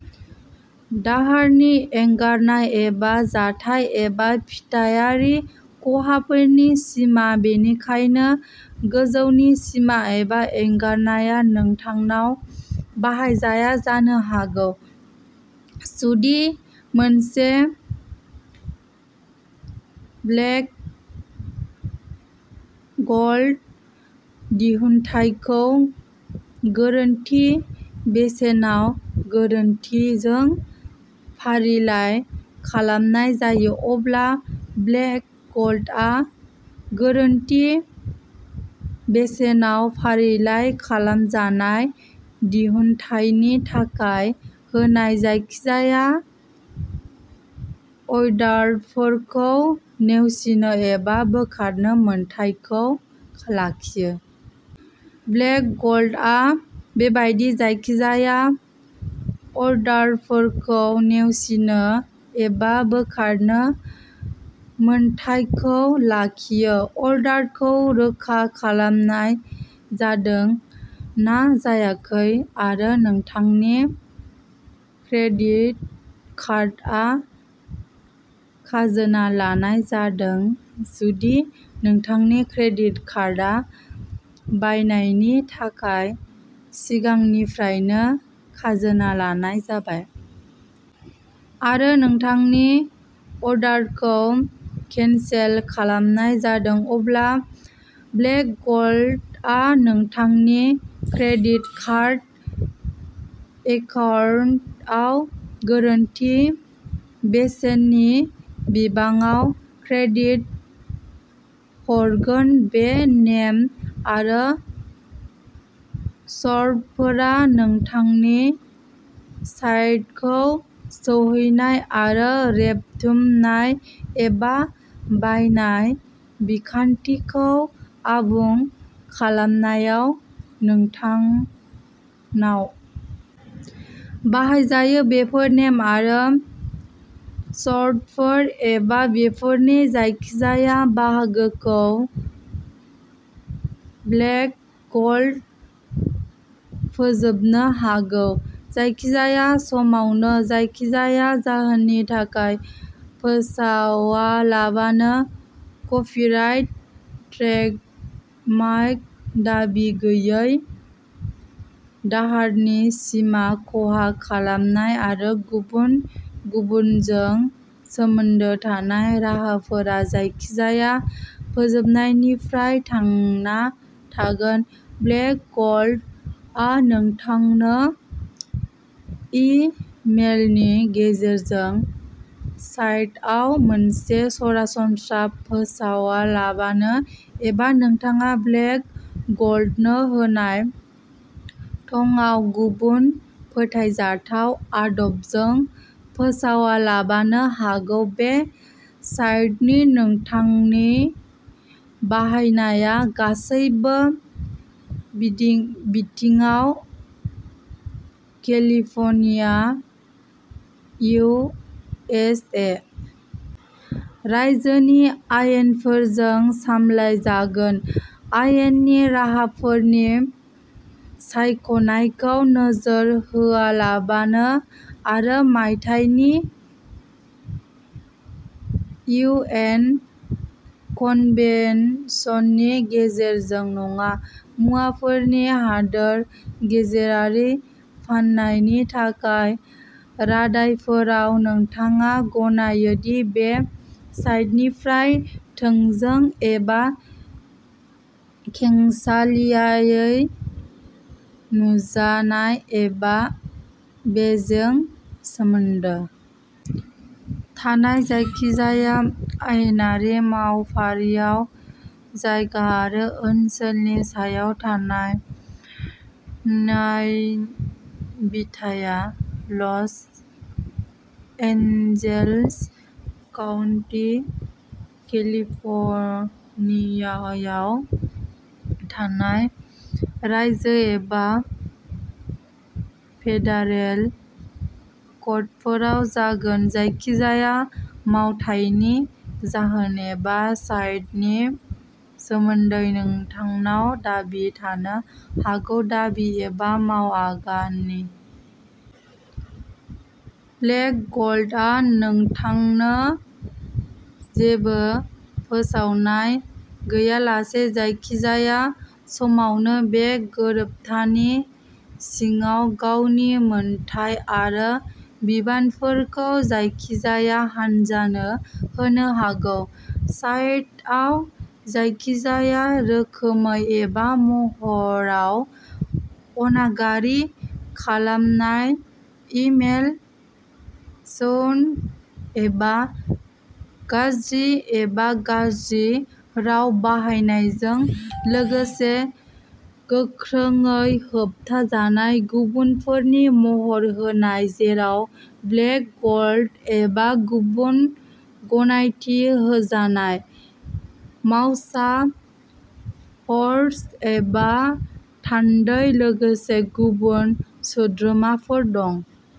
दाहारनि एंगारनाय एबा जाथाय एबा फिथायारि खहाफोरनि सिमा बेनिखायनो गोजौनि सिमा एबा एंगारनाया नोंथांनाव बाहायजाया जानो हागौ जुदि मोनसे ब्लेक गल्ड दिहुनथायखौ गोरोन्थि बेसेनाव गोरोन्थिजों फारिलाइ खालामनाय जायो अब्ला ब्लेक गल्डआ गोरोन्थि बेसेनाव फारिलाइ खालामजानाय दिहुनथायनि थाखाय होनाय जायखिजाया अर्डारफोरखौ नेवसिनो एबा बोखारनो मोन्थाइखौ लाखियो। ब्लेक गल्डआ बेबादि जायखिजाया अर्डारफोरखौ नेवसिनो एबा बोखारनो मोन्थाइखौ लाखियो अर्डारखौ रोखा खालामनाय जादों ना जायाखै आरो नोंथांनि क्रेडिट कार्डआ खाजोना लानाय जादों जुदि नोंथांनि क्रेडिट कार्डआ बायनायनि थाखाय सिगांनिफ्रायनो खाजोना लानाय जाबाय आरो नोंथांनि अर्डारखौ केनसेल खालामनाय जादों अब्ला ब्लेक गल्डआ नोंथांनि क्रेडिट कार्ड एकाउन्टआव गोरोन्थि बेसेननि बिबांआव क्रेडिट हरगोन बे नेम आरो सर्तफोरा नोंथांनि साइटखौ सौहैनाय आरो रेबथुमनाय एबा बायनाय बिखान्थिखौ आबुं खालामनायाव नोंथांनाव बाहायजायो बेफोर नेम आरो सर्तफोर एबा बेफोरनि जायखिजाया बाहागोखौ ब्लेक गल्ड फोजोबनो हागौ जायखिजाया समावनो जायखिजाया जाहोननि थाखाय फोसावालाबानो कपिराइट ट्रेडमायक दाबि गैयै दाहारनि सिमा खहा खालामनाय आरो गुबुन गुबुनजों सोमोन्दो थानाय राहाफोरा जायखिजाया फोजोबनायनिफ्राय थांना थागोन ब्लेक गल्डआ नोंथांनो इ मेलनि गेजेरजों साइटआव मोनसे सरासनस्रा फोसावालाबानो एबा नोंथाङा ब्लेक गल्डनो होनाय थंआव गुबुन फोथायजाथाव आदबजों फोसावालाबानो हागौ बे साइटनि नोंथांनि बाहायनाया गासैबो बिथिं बिथिङाव केलिफर्निया इउ एस ए. रायजोनि आयेनफोरजों सामलायजागोन आयेननि राहाफोरनि सायख'नायखौ नोजोर होआलाबानो आरो मायथाइनि इउ एन कनभेनसननि गेजेरजों नङा मुवाफोरनि हादोर गेजेरारि फाननायनि थाखाय रादायफोराव नोंथाङा गनायो दि बे साइटनिफ्राय थोंजों एबा खेंसालियायै नुजानाय एबा बेजों सोमोन्दो थानाय जायखिजाया आयेनारि मावफारिआव जायगा आरो ओनसोलनि सायाव थानाय न्यायबिथाया लस एन्जेल्स काउन्टि केलिफर्नियायाव थानाय रायजो एबा फेडारेल कर्टफोराव जागोन जायखिजाया मावथायनि जाहोन एबा साइटनि सोमोन्दै नोंथांनाव दाबि थानो हागौ दाबि एबा मावआगाननि ब्लेक गल्डआ नोंथांनो जेबो फोसावनाय गैयालासे जायखिजाया समावनो बे गोरोबथानि सिङाव गावनि मोनथाय आरो बिबानफोरखौ जायखिजाया हान्जानो होनो हागौ। साइटआव जायखिजाया रोखोमै एबा महराव अनागारि खालामनाय इ मेल चौन एबा गाज्रि एबा गाज्रि राव बाहायनायजों लोगोसे गोख्रोङै होबथाजानाय गुबुनफोरनि महर होनाय जेराव ब्लेक गल्ड एबा गुबुन गनायथि होजानाय मावसा ह'स्ट एबा थान्दै लोगोसे गुबुन सोद्रोमाफोर दं।